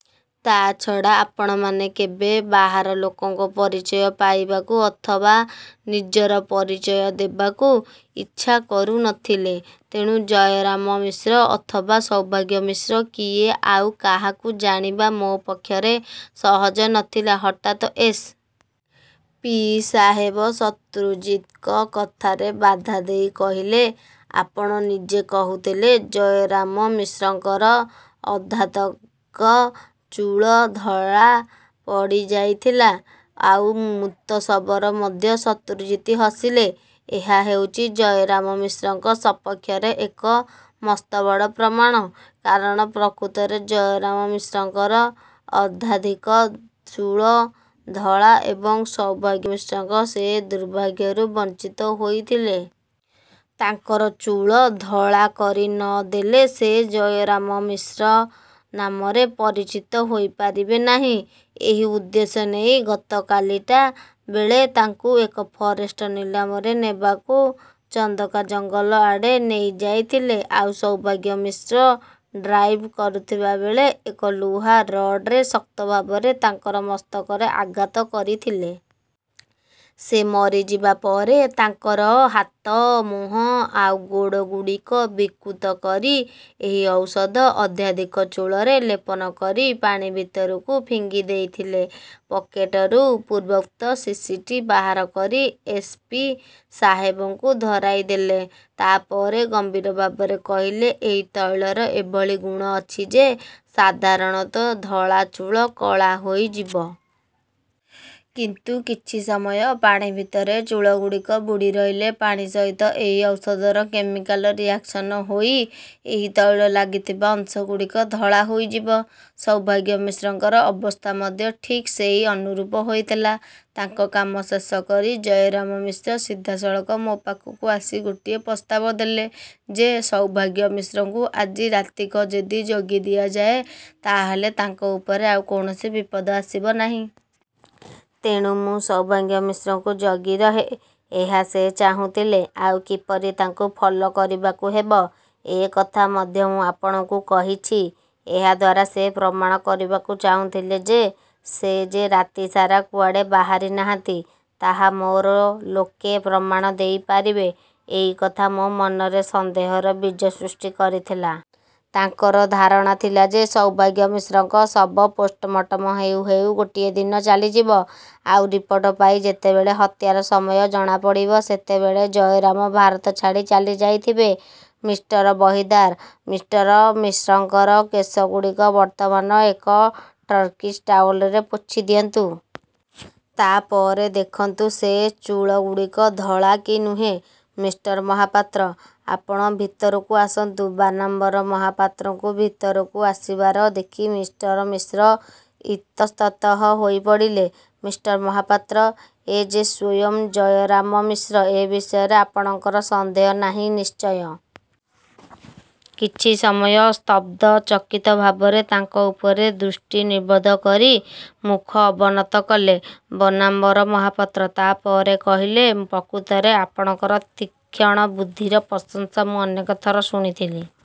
ତା' ଛଡ଼ା ଆପଣମାନେ କେବେ ବାହାର ଲୋକଙ୍କ ପରିଚୟ ପାଇବାକୁ ଅଥବା ନିଜର ପରିଚୟ ଦେବାକୁ ଇଚ୍ଛା କରୁ ନ ଥିଲେ। ତେଣୁ ଜୟରାମ ମିଶ୍ର ଅଥବା ସୌଭାଗ୍ୟ ମିଶ୍ର କିଏ ଆଉ କାହାକୁ ଜାଣିବା ମୋ ପକ୍ଷରେ ସହଜ ନ ଥିଲା। ହଠାତ୍ ଏସ୍. ପି. ସାହେବ ଶତ୍ରୁଜିତ୍ଙ୍କ କଥାରେ ବାଧା ଦେଇ କହିଲେ-ଆପଣ ନିଜେ କହୁଥିଲେ, ଜୟରାମ ମିଶ୍ରଙ୍କର ଅର୍ଦ୍ଧାଧିକ ଚୂଳ ଧଳା ପଡ଼ିଯାଇଥିଲା। ଆଉ ମୃତ ଶବର ମଧ୍ୟ ଶତ୍ରୁଜିତ୍ ହସିଲେ। ଏହା ହେଉଛି ଜୟରାମ ମିଶ୍ରଙ୍କ ସପକ୍ଷରେ ଏକ ମସ୍ତବଡ଼ ପ୍ରମାଣ-। କାରଣ ପ୍ରକୃତରେ ଜୟରାମ ମିଶ୍ରଙ୍କର ଅର୍ଦ୍ଧାଧିକ ଚୁଳ ଧଳା ଏବଂ ସୌଭାଗ୍ୟ ମିଶ୍ର ସେ ଦୁର୍ଭାଗ୍ୟରୁ ବଞ୍ଚିତ ହୋଇଥିଲେ। ତାଙ୍କର ଚୂଳ ଧଳା କରି ନ ଦେଲେ ସେ ଜୟରାମ ମିଶ୍ର ନାମରେ ପରିଚିତ ହୋଇପାରିବେ ନାହିଁ। ଏହି ଉଦ୍ଦେଶ୍ୟ ନେଇ ଗତକାଲି ଟା ବେଳେ ତାଙ୍କୁ ଏକ ଫରେଷ୍ଟ ନିଲାମରେ ନେବାକୁ ଚନ୍ଦକା ଜଙ୍ଗଲ ଆଡ଼େ ନେଇଯାଇଥିଲେ। ଆଉ ସୌଭାଗ୍ୟ ମିଶ୍ର ଡ୍ରାଇଭ୍ କରୁଥିବାବେଳେ ଏକ ଲୁହା ରଡ୍ରେ ଶକ୍ତଭାବରେ ତାଙ୍କର ମସ୍ତକରେ ଆଘାତ କରିଥିଲେ-। ସେ ମରିଯିବା ପରେ ତାଙ୍କର ହାତ, ମୁହଁ ଆଉ ଗୋଡ଼ଗୁଡ଼ିକ ବିକୃତ କରି ଏହି ଔଷଧ ଅର୍ଦ୍ଧାଧିକ ଚୂଳରେ ଲେପନ କରି ପାଣି ଭିତରକୁ ଫିଙ୍ଗିଦେଇଥିଲେ। ପକେଟରୁ ପୂର୍ବୋକ୍ତ ଶିଶିଟି ବାହାର କରି ଏସ୍. ପି. ସାହେବଙ୍କୁ ଧରାଇଦେଲେ। ତା'ପରେ ଗମ୍ଭୀର ଭାବରେ କହିଲେ-ଏହି ତୈଳର ଏଭଳି ଗୁଣ ଅଛି ଯେ ସାଧାରଣତଃ ଧଳା ଚୂଳ କଳା ଦେଖାଯିବ। କିନ୍ତୁ କିଛି ସମୟ ପାଣି ଭିତରେ ଚୂଳଗୁଡ଼ିକ ବୁଡ଼ିରହିଲେ ପାଣି ସହିତ ଏହି ଔଷଧର କେମିକ୍ୟାଲ୍ ରିଏକ୍ସନ୍ହୋଇ ଏଇ ତୈଳ ଲାଗିଥିବା ଅଂଶଗୁଡ଼ିକ ଧଳା ହୋଇଯିବ। ସୌଭାଗ୍ୟ ମିଶ୍ରଙ୍କର ଅବସ୍ଥା ମଧ୍ୟ ଠିକ୍ ସେଇ ଅନୁରୂପ ହୋଇଥିଲା। ତାଙ୍କ କାମ ଶେଷ କରି ଜୟରାମ ମିଶ୍ର ସିଧାସଳଖ ମୋ ପାଖକୁ ଆସି ଗୋଟିଏ ପ୍ରସ୍ତାବ ଦେଲେ ଯେ ସୌଭାଗ୍ୟ ମିଶ୍ରଙ୍କୁ ଆଜି ରାତିକ ଯଦି ଜଗି ଦିଆଯାଏ, ତା'ହେଲେ ତାଙ୍କ ଉପରେ ଆଉ କୌଣସି ବିପଦ ଆସିବ ନାହିଁ। ତେଣୁ ମୁଁ ସୌଭାଗ୍ୟ ମିଶ୍ରଙ୍କୁ ଜଗିରହେଁ ଏହା ସେ ଚାହୁଥିଲେ। ଆଉ କିପରି ତାଙ୍କୁ ଫଲୋ କରିବାକୁ ହେବ ଏକଥା ମଧ୍ୟ ମୁଁ ଆପଣଙ୍କୁ କହିଛି। ଏହାଦ୍ୱାରା ସେ ପ୍ରମାଣ କରିବାକୁ ଚାହୁଁଥିଲେ ଯେ ସେ ଯେ ରାତିସାରା କୁଆଡ଼େ ବାହାରିନାହାନ୍ତି, ତାହା ମୋର ଲୋକେ ପ୍ରମାଣ ଦେଇପାରିବେ ଏଇକଥା ମୋ ମନରେ ସନ୍ଦେହର ବୀଜ ସୃଷ୍ଟି କରିଥିଲା। ତାଙ୍କର ଧାରଣା ଥିଲା ସୌଭାଗ୍ୟ ମିଶ୍ରଙ୍କ ଶବ ପୋଷ୍ଠମୋଟମ ହେଉ ହେଉ ଗୋଟିଏ ଦିନ ଚାଲିଯିବ। ଆଉ ରିପୋର୍ଟ ପାଇ ଯେତେବେଳେ ହତ୍ୟାର ସମୟ ଜଣାପଡ଼ିବ ସେତେବେଳେ ଜୟରାମ ଭାରତ ଛାଡ଼ି ଚାଲିଯାଇଥିବେ। ମିଷ୍ଟର ବହିଦାର! ମିଷ୍ଟର ମିଶ୍ରଙ୍କର କେଶଗୁଡ଼ିକ ବର୍ତ୍ତମାନ ଏକ ଟର୍କିସ ଟାଓ୍ୱେଲରେ ପୋଛିଦିଅନ୍ତୁ। ତା' ପରେ ଦେଖନ୍ତୁ ସେ ଚୂଳଗୁଡ଼ିକ ଧଳା କି ନୁହେଁ। ମିଷ୍ଟର ମହାପାତ୍ର! ଆପଣ ଭିତରକୁ ଆସନ୍ତୁ। ବାନାମ୍ବର ମହାପାତ୍ରଙ୍କୁ ଭିତରକୁ ଆସିବାର ଦେଖି ମିଷ୍ଟର ମିଶ୍ର ଇତସ୍ତତଃ ହୋଇପଡ଼ିଲେ। ମିଷ୍ଟର ମହାପାତ୍ର! ଏ ଯେ ସ୍ୱୟଂ ଜୟରାମ ମିଶ୍ର ଏ ବିଷୟରେ ଆପଣଙ୍କର ସନ୍ଦେହ ନାହିଁ ନିଶ୍ଚୟ? କିଛି ସମୟ ସ୍ତବ୍ଧ ଚକିତ ଭାବରେ ତାଙ୍କ ଉପରେ ଦୃଷ୍ଟି ନିବଦ୍ଧ କରି ମୁଖ ଅବନତ କଲେ ବନାମ୍ବର ମହାପାତ୍ର। ତା'ପରେ କହିଲେ-ପ୍ରକୃତରେ ଆପଣଙ୍କର ତୀକ୍ଷ୍ଣ ବୁଦ୍ଧିର ପ୍ରଶଂସା ମୁଁ ଅନେକଥର ଶୁଣିଥିଲି,